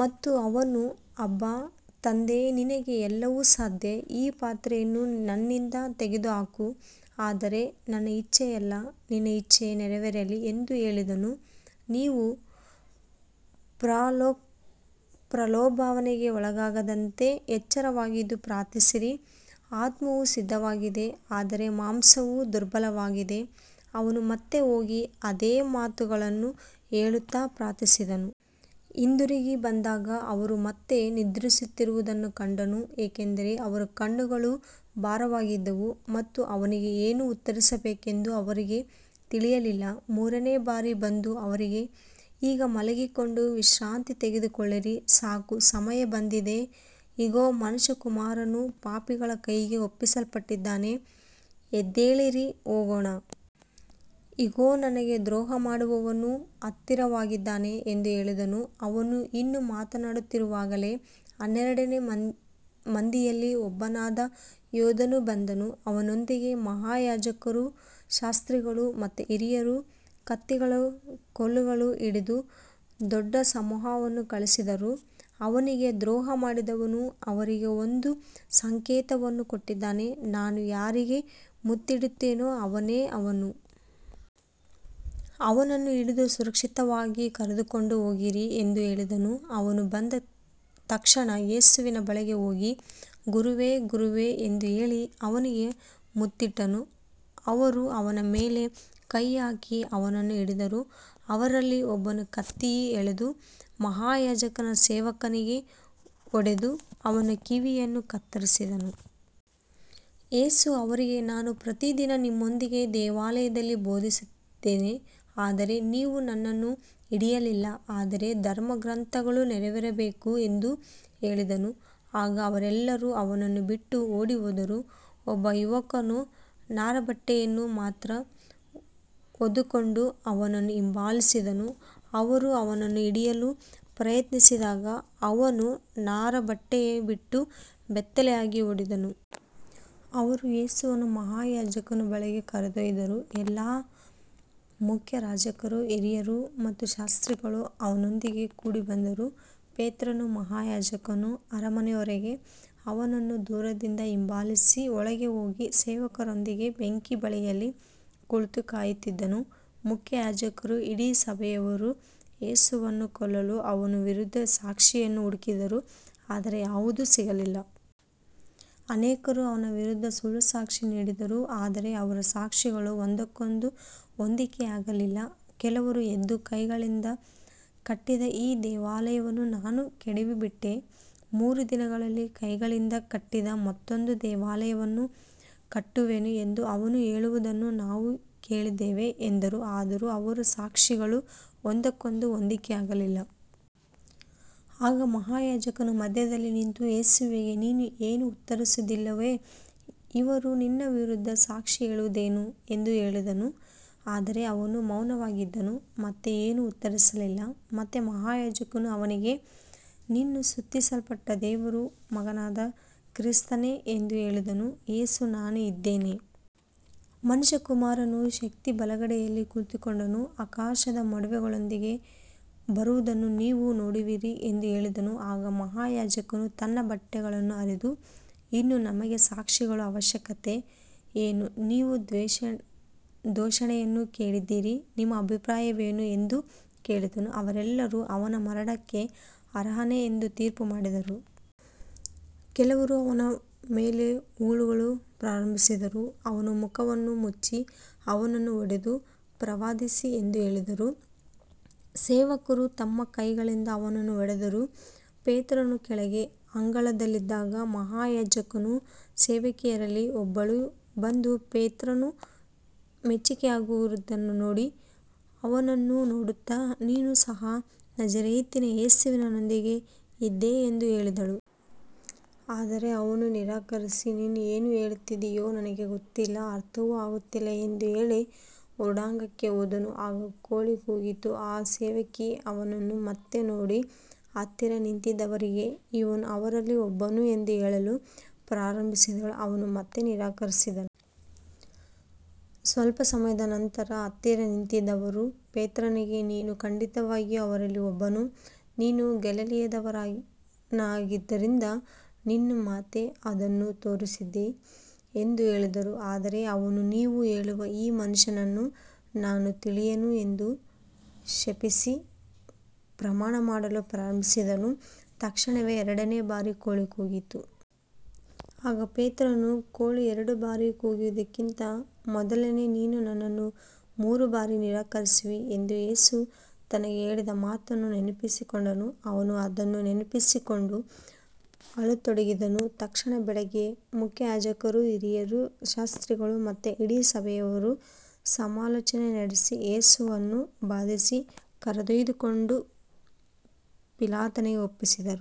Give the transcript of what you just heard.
ಮತ್ತು ಅವನು, ಅಬ್ಬಾ ತಂದೆಯೇ, ನಿನಗೆ ಎಲ್ಲವೂ ಸಾಧ್ಯ. ಈ ಪಾತ್ರೆಯನ್ನು ನನ್ನಿಂದ ತೆಗೆದುಹಾಕು. ಆದರೆ ನನ್ನ ಇಚ್ಛೆಯಲ್ಲ, ನಿನ್ನ ಇಚ್ಛೆಯೇ ನೆರವೇರಲಿ ಎಂದು ಹೇಳಿದನು. ನೀವು ಪ್ರಲೋಭನೆಗೆ ಒಳಗಾಗದಂತೆ ಎಚ್ಚರವಾಗಿದ್ದು ಪ್ರಾರ್ಥಿಸಿರಿ. ಆತ್ಮವು ಸಿದ್ಧವಾಗಿದೆ, ಆದರೆ ಮಾಂಸವು ದುರ್ಬಲವಾಗಿದೆ. ಅವನು ಮತ್ತೆ ಹೋಗಿ ಅದೇ ಮಾತುಗಳನ್ನು ಹೇಳುತ್ತಾ ಪ್ರಾರ್ಥಿಸಿದನು. ಹಿಂದಿರುಗಿ ಬಂದಾಗ ಅವರು ಮತ್ತೆ ನಿದ್ರಿಸುತ್ತಿರುವುದನ್ನು ಕಂಡನು, ಏಕೆಂದರೆ ಅವರ ಕಣ್ಣುಗಳು ಭಾರವಾಗಿದ್ದವು ಮತ್ತು ಅವನಿಗೆ ಏನು ಉತ್ತರಿಸಬೇಕೆಂದು ಅವರಿಗೆ ತಿಳಿಯಲಿಲ್ಲ. ಮೂರನೆಯ ಬಾರಿ ಬಂದು ಅವರಿಗೆ, ಈಗ ಮಲಗಿಕೊಂಡು ವಿಶ್ರಾಂತಿ ತೆಗೆದುಕೊಳ್ಳಿರಿ. ಸಾಕು, ಸಮಯ ಬಂದಿದೆ. ಇಗೋ, ಮನುಷ್ಯಕುಮಾರನು ಪಾಪಿಗಳ ಕೈಗೆ ಒಪ್ಪಿಸಲ್ಪಡುತ್ತಿದ್ದಾನೆ. ಎದ್ದೇಳಿರಿ, ಹೋಗೋಣ. ಇಗೋ, ನನಗೆ ದ್ರೋಹಮಾಡುವವನು ಹತ್ತಿರವಾಗಿದ್ದಾನೆ ಎಂದು ಹೇಳಿದನು. ಅವನು ಇನ್ನೂ ಮಾತನಾಡುತ್ತಿರುವಾಗಲೇ ಹನ್ನೆರಡು ಮಂದಿಯಲ್ಲಿ ಒಬ್ಬನಾದ ಯೂದನು ಬಂದನು. ಅವನೊಂದಿಗೆ ಮಹಾಯಾಜಕರು, ಶಾಸ್ತ್ರಿಗಳು ಮತ್ತು ಹಿರಿಯರು ಕತ್ತಿಗಳೂ ಕೋಲುಗಳೂ ಹಿಡಿದ ದೊಡ್ಡ ಸಮೂಹವನ್ನು ಕಳುಹಿಸಿದ್ದರು. ಅವನಿಗೆ ದ್ರೋಹಮಾಡಿದವನು ಅವರಿಗೆ ಒಂದು ಸಂಕೇತವನ್ನು ಕೊಟ್ಟಿದ್ದನು. ನಾನು ಯಾರಿಗೆ ಮುತ್ತಿಡುತ್ತೇನೋ ಅವನೇ ಅವನು. ಅವನನ್ನು ಹಿಡಿದು ಸುರಕ್ಷಿತವಾಗಿ ಕರೆದುಕೊಂಡು ಹೋಗಿರಿ ಎಂದು ಹೇಳಿದ್ದನು. ಅವನು ಬಂದ ತಕ್ಷಣ ಯೇಸುವಿನ ಬಳಿಗೆ ಹೋಗಿ, ಗುರುವೇ, ಗುರುವೇ ಎಂದು ಹೇಳಿ ಅವನಿಗೆ ಮುತ್ತಿಟ್ಟನು. ಅವರು ಅವನ ಮೇಲೆ ಕೈಹಾಕಿ ಅವನನ್ನು ಹಿಡಿದರು. ಅವರಲ್ಲಿ ಒಬ್ಬನು ಕತ್ತಿಯನ್ನು ಎಳೆದು ಮಹಾಯಾಜಕನ ಸೇವಕನಿಗೆ ಹೊಡೆದು ಅವನ ಕಿವಿಯನ್ನು ಕತ್ತರಿಸಿದನು. ಯೇಸು ಅವರಿಗೆ, ನಾನು ಪ್ರತಿದಿನ ನಿಮ್ಮೊಂದಿಗೆ ದೇವಾಲಯದಲ್ಲಿ ಬೋಧಿಸುತ್ತಿದ್ದೆ, ಆದರೆ ನೀವು ನನ್ನನ್ನು ಹಿಡಿಯಲಿಲ್ಲ. ಆದರೆ ಧರ್ಮಗ್ರಂಥಗಳು ನೆರವೇರಬೇಕು ಎಂದು ಹೇಳಿದನು. ಆಗ ಅವರೆಲ್ಲರೂ ಅವನನ್ನು ಬಿಟ್ಟು ಓಡಿಹೋದರು. ಒಬ್ಬ ಯುವಕನು ನಾರುಬಟ್ಟೆಯನ್ನು ಮಾತ್ರ ಹೊದ್ದುಕೊಂಡು ಅವನನ್ನು ಹಿಂಬಾಲಿಸುತ್ತಿದ್ದನು. ಅವರು ಅವನನ್ನು ಹಿಡಿಯಲು ಪ್ರಯತ್ನಿಸಿದಾಗ ಅವನು ನಾರುಬಟ್ಟೆಯನ್ನು ಬಿಟ್ಟು ಬೆತ್ತಲೆಯಾಗಿ ಓಡಿಹೋದನು. ಅವರು ಯೇಸುವನ್ನು ಮಹಾಯಾಜಕನ ಬಳಿಗೆ ಕರೆದೊಯ್ದರು. ಎಲ್ಲಾ ಮುಖ್ಯಯಾಜಕರು, ಹಿರಿಯರು ಮತ್ತು ಶಾಸ್ತ್ರಿಗಳು ಅವನೊಂದಿಗೆ ಕೂಡಿಬಂದರು. ಪೇತ್ರನು ಮಹಾಯಾಜಕನ ಅರಮನೆಯವರೆಗೆ ಅವನನ್ನು ದೂರದಿಂದ ಹಿಂಬಾಲಿಸಿ ಒಳಗೆ ಹೋಗಿ ಸೇವಕರೊಂದಿಗೆ ಬೆಂಕಿಯ ಬಳಿಯಲ್ಲಿ ಕುಳಿತು ಕಾಯುತ್ತಿದ್ದನು. ಮುಖ್ಯಯಾಜಕರೂ ಇಡೀ ಸಭೆಯವರೂ ಯೇಸುವನ್ನು ಕೊಲ್ಲಲು ಅವನ ವಿರುದ್ಧ ಸಾಕ್ಷಿಯನ್ನು ಹುಡುಕಿದರು, ಆದರೆ ಯಾವುದೂ ಸಿಗಲಿಲ್ಲ. ಅನೇಕರು ಅವನ ವಿರುದ್ಧ ಸುಳ್ಳು ಸಾಕ್ಷಿ ನೀಡಿದರು, ಆದರೆ ಅವರ ಸಾಕ್ಷಿಗಳು ಒಂದಕ್ಕೊಂದು ಹೊಂದಿಕೆಯಾಗಲಿಲ್ಲ. ಕೆಲವರು ಎದ್ದು, ಕೈಗಳಿಂದ ಕಟ್ಟಿದ ಈ ದೇವಾಲಯವನ್ನು ನಾನು ಕೆಡವಿಬಿಟ್ಟು, ಮೂರು ದಿನಗಳಲ್ಲಿ ಕೈಗಳಿಂದ ಕಟ್ಟದ ಮತ್ತೊಂದು ದೇವಾಲಯವನ್ನು ಕಟ್ಟುವೆನು ಎಂದು ಅವನು ಹೇಳುವುದನ್ನು ನಾವು ಕೇಳಿದ್ದೇವೆ ಎಂದರು. ಆದರೂ ಅವರ ಸಾಕ್ಷಿಗಳು ಒಂದಕ್ಕೊಂದು ಹೊಂದಿಕೆಯಾಗಲಿಲ್ಲ. ಆಗ ಮಹಾಯಾಜಕನು ಮಧ್ಯದಲ್ಲಿ ನಿಂತು ಯೇಸುವಿಗೆ, ನೀನು ಏನೂ ಉತ್ತರಿಸುವುದಿಲ್ಲವೇ. ಇವರು ನಿನ್ನ ವಿರುದ್ಧ ಸಾಕ್ಷಿ ಹೇಳುವುದೇನು ಎಂದು ಕೇಳಿದನು. ಆದರೆ ಅವನು ಮೌನವಾಗಿದ್ದನು ಮತ್ತು ಏನೂ ಉತ್ತರಿಸಲಿಲ್ಲ. ಮತ್ತೆ ಮಹಾಯಾಜಕನು ಅವನಿಗೆ, ನೀನು ಸ್ತುತಿಸಲ್ಪಟ್ಟ ದೇವರ ಮಗನಾದ ಕ್ರಿಸ್ತನೇ ಎಂದು ಕೇಳಿದನು. ಯೇಸು, ನಾನು ಇದ್ದೇನೆ. ಮನುಷ್ಯಕುಮಾರನು ಶಕ್ತಿಯ ಬಲಗಡೆಯಲ್ಲಿ ಕುಳಿತುಕೊಂಡು ಆಕಾಶದ ಮೋಡಗಳೊಂದಿಗೆ ಬರುವುದನ್ನು ನೀವು ನೋಡುವಿರಿ ಎಂದು ಹೇಳಿದನು. ಆಗ ಮಹಾಯಾಜಕನು ತನ್ನ ಬಟ್ಟೆಗಳನ್ನು ಹರಿದು, ಇನ್ನು ನಮಗೆ ಸಾಕ್ಷಿಗಳ ಅವಶ್ಯಕತೆ ಏನು. ನೀವು ದೂಷಣೆಯನ್ನು ಕೇಳಿದ್ದೀರಿ. ನಿಮ್ಮ ಅಭಿಪ್ರಾಯವೇನು ಎಂದು ಕೇಳಿದನು. ಅವರೆಲ್ಲರೂ ಅವನು ಮರಣಕ್ಕೆ ಅರ್ಹನೆಂದು ತೀರ್ಪುಮಾಡಿದರು. ಕೆಲವರು ಅವನ ಮೇಲೆ ಉಗುಳಲು ಪ್ರಾರಂಭಿಸಿದರು. ಅವನ ಮುಖವನ್ನು ಮುಚ್ಚಿ ಅವನನ್ನು ಹೊಡೆದು, ಪ್ರವಾದಿಸು ಎಂದು ಹೇಳಿದರು. ಸೇವಕರು ತಮ್ಮ ಕೈಗಳಿಂದ ಅವನನ್ನು ಹೊಡೆದರು. ಪೇತ್ರನು ಕೆಳಗೆ ಅಂಗಳದಲ್ಲಿದ್ದಾಗ ಮಹಾಯಾಜಕನ ಸೇವಕಿಯರಲ್ಲಿ ಒಬ್ಬಳು ಬಂದು ಪೇತ್ರನು ಬೆಚ್ಚಗಾಗುತ್ತಿರುವುದನ್ನು ನೋಡಿ ಅವನನ್ನು ನೋಡುತ್ತಾ, ನೀನು ಸಹ ನಜರೇತಿನ ಯೇಸುವಿನೊಂದಿಗೆ ಇದ್ದೆ ಎಂದು ಹೇಳಿದಳು. ಆದರೆ ಅವನು ನಿರಾಕರಿಸಿ, ನೀನು ಏನು ಹೇಳುತ್ತಿದ್ದೀಯೋ ನನಗೆ ಗೊತ್ತಿಲ್ಲ, ಅರ್ಥವೂ ಆಗುತ್ತಿಲ್ಲ ಎಂದು ಹೇಳಿ ಹೊರಾಂಗಣಕ್ಕೆ ಹೋದನು. ಆಗ ಕೋಳಿ ಕೂಗಿತು. ಆ ಸೇವಕಿ ಅವನನ್ನು ಮತ್ತೆ ನೋಡಿ, ಹತ್ತಿರ ನಿಂತಿದ್ದವರಿಗೆ, ಇವನು ಅವರಲ್ಲಿ ಒಬ್ಬನು ಎಂದು ಹೇಳಲು ಪ್ರಾರಂಭಿಸಿದಳು. ಅವನು ಮತ್ತೆ ನಿರಾಕರಿಸಿದನು. ಸ್ವಲ್ಪ ಸಮಯದ ನಂತರ ಹತ್ತಿರ ನಿಂತಿದ್ದವರು ಪೇತ್ರನಿಗೆ, ನೀನು ಖಂಡಿತವಾಗಿಯೂ ಅವರಲ್ಲಿ ಒಬ್ಬನು, ನೀನು ಗಲಿಲಾಯದವನಾದ್ದರಿಂದ ನಿನ್ನ ಮಾತೇ ಅದನ್ನು ತೋರಿಸುತ್ತದೆ ಎಂದು ಹೇಳಿದರು. ಆದರೆ ಅವನು, ನೀವು ಹೇಳುವ ಈ ಮನುಷ್ಯನನ್ನು ನಾನು ತಿಳಿಯೆನು ಎಂದು ಶಪಿಸಿ ಪ್ರಮಾಣಮಾಡಲು ಪ್ರಾರಂಭಿಸಿದನು. ತಕ್ಷಣವೇ ಎರಡನೆಯ ಬಾರಿ ಕೋಳಿ ಕೂಗಿತು. ಆಗ ಪೇತ್ರನು, ಕೋಳಿ ಎರಡು ಬಾರಿ ಕೂಗುವುದಕ್ಕಿಂತ ಮೊದಲು ನೀನು ನನ್ನನ್ನು ಮೂರು ಬಾರಿ ನಿರಾಕರಿಸುವೆ ಎಂದು ಯೇಸು ತನಗೆ ಹೇಳಿದ ಮಾತನ್ನು ನೆನಪಿಸಿಕೊಂಡನು. ಅವನು ಅದನ್ನು ನೆನಪಿಸಿಕೊಂಡು ಅಳತೊಡಗಿದನು. ತಕ್ಷಣ ಬೆಳಿಗ್ಗೆ ಮುಖ್ಯಯಾಜಕರು, ಹಿರಿಯರು, ಶಾಸ್ತ್ರಿಗಳು ಮತ್ತು ಇಡೀ ಸಭೆಯವರು ಸಮಾಲೋಚನೆ ನಡೆಸಿ ಯೇಸುವನ್ನು ಬಂಧಿಸಿ ಕರೆದುಕೊಂಡು ಹೋಗಿ ಪಿಲಾತನಿಗೆ ಒಪ್ಪಿಸಿದರು.